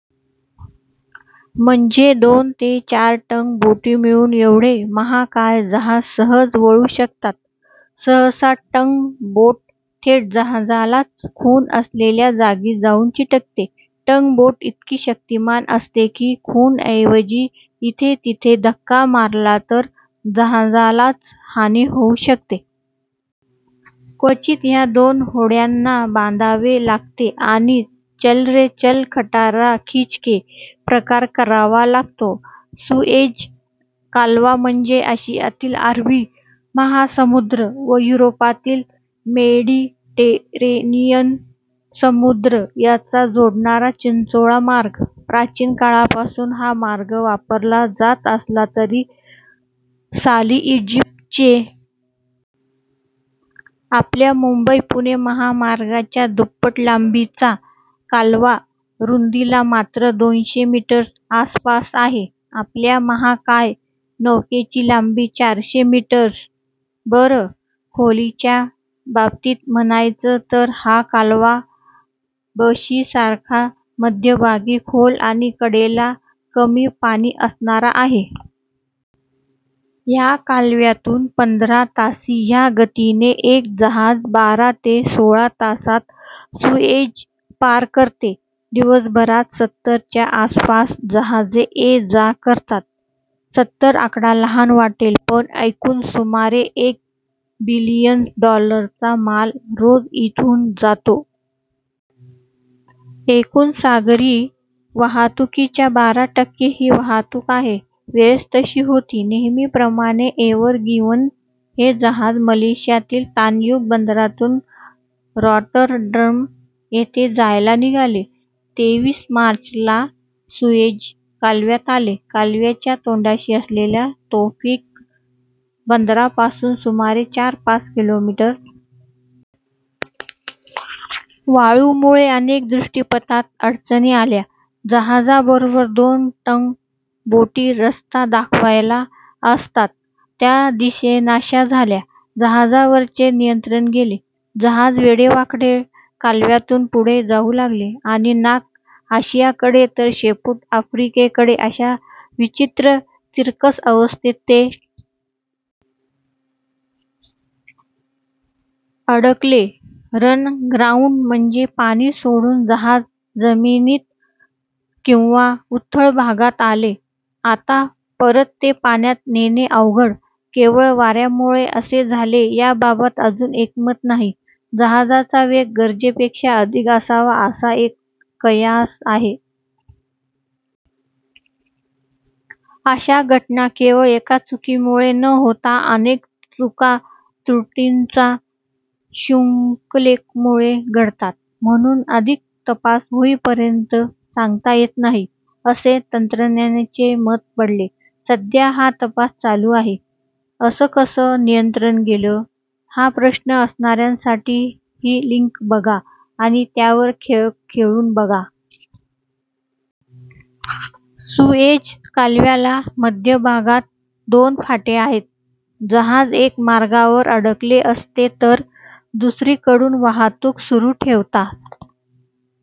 म्हणजे दोन ते चार टग बोटी मिळून एवढे महाकाय जहाज सहज वळवू शकतात. सहसा टग बोट थेट जहाजालाच खूण असलेल्या जागी जाऊन चिकटते. टग बोट इतकी शक्तिमान असते की खुणेऐवजी इथे तिथे धक्का मारला तर जहाजालाच हानी होऊ शकते. क्वचित ह्या दोन होड्यांना बांधावे लागते आणि 'चल ले चल खटारा खिंच के' प्रकार करावा लागतो. सुएझ कालवा म्हणजे आशियातील अरबी महासामुद्र व युरोपातील मेडीटेरेनियन समुद्र यांना जोडणारा चिंचोळा मार्ग. प्राचीन काळापासून हा मार्ग वापरला जात असला तरी साली ईजिप्तचे राष्ट्रपती नासेर यांनी ह्या कालव्याचे राष्ट्रीयकरण केले व आता व्यापाऱ्यांना फी भरून हा मार्ग वापरता येतो. आपल्या मुंबई-पुणे महामार्गाच्या दुप्पट लांबीचा कालवा रुंदीला मात्र दोनशे मीटर्स आसपास आहे. आपल्या महाकाय नौकेची लांबी चारशे मीटर्स बरं! खोलीच्या बाबतीत म्हणायचं तर हा कालवा बशीसारखा मध्यभागी खोल आणि कडेला कमी पाणी असणारा आहे. ह्या कालव्यातून पंधरा ताशी ह्या गतीने एक जहाज बारा ते सोळा तासात सुएझ पार करते. दिवसभरात सत्तर च्या आसपास जहाजे ये-जा करतात. सत्तर आकडा लहान वाटेल पण एकूण सुमारे एक बिलियन डॉलरचा माल रोज इथून जातो. एकूण सागरी वाहतूकीच्या बारा टक्के ही वाहतूक आहे. वेळच तशी होती नेहमीप्रमाणे एव्हरगिव्हन हे जहाज मलेशियातील तानयुंग बंदरातून रॉटरडॅम येथे जायला निघाले. तेवीस मार्च ला सुएझ कालव्यात आले। कालव्याच्या तोंडाशी असलेल्या तौफीक बंदरापासून सुमारे चार-पाच किलोमीटर अंतरावर असताना पहाटे सोसाट्याचे वारे सुटले. वाळूमुळे अनेक दृष्टीपथात अडचणी आल्या, जहाजाबरोबर दोन टग बोटी रस्ता दाखवायला असतात त्या दिसेनाशा झाल्या. जहाजावरचे नियंत्रण गेले. जहाज वेडेवाकडे कालव्यातून पुढे जाऊ लागले. आणि नाक आशियाकडे तर शेपूट आफ्रिकेकडे अशा विचित्र तिरकस अवस्थेत ते कालव्यात रुतले. अडकले. "रन अग्राउंड" म्हणजे पाणी सोडून जहाज जमिनीत किंवा उथळ भागात आले. आता परत ते पाण्यात नेणे अवघड!! केवळ वाऱ्यामुळे असे झाले याबाबत अजून एकमत नाही. जहाजाचा वेग गरजेपेक्षा अधिक असावा असा एक कयास आहे. अशा घटना केवळ एका चुकीमुळे न होता अनेक चूका-त्रुटींचा शृखंलेमुळे घडतात. म्हणून अधिक तपास होईपर्यंत सांगता येत नाही असे तज्ज्ञांचे मत पडले. सध्या हा तपास चालू आहे. "असं कसं नियंत्रण गेलं? " हा प्रश्न असणाऱ्यांसाठी ही लिंक बघा आणि त्यावर खेळ खेळून बघा. सुएझ कालव्याला मध्यभागात दोन फाटे आहेत. जहाज एका मार्गावर अडकले असते तर दुसरीकडून वाहतूक सुरू ठेवता,--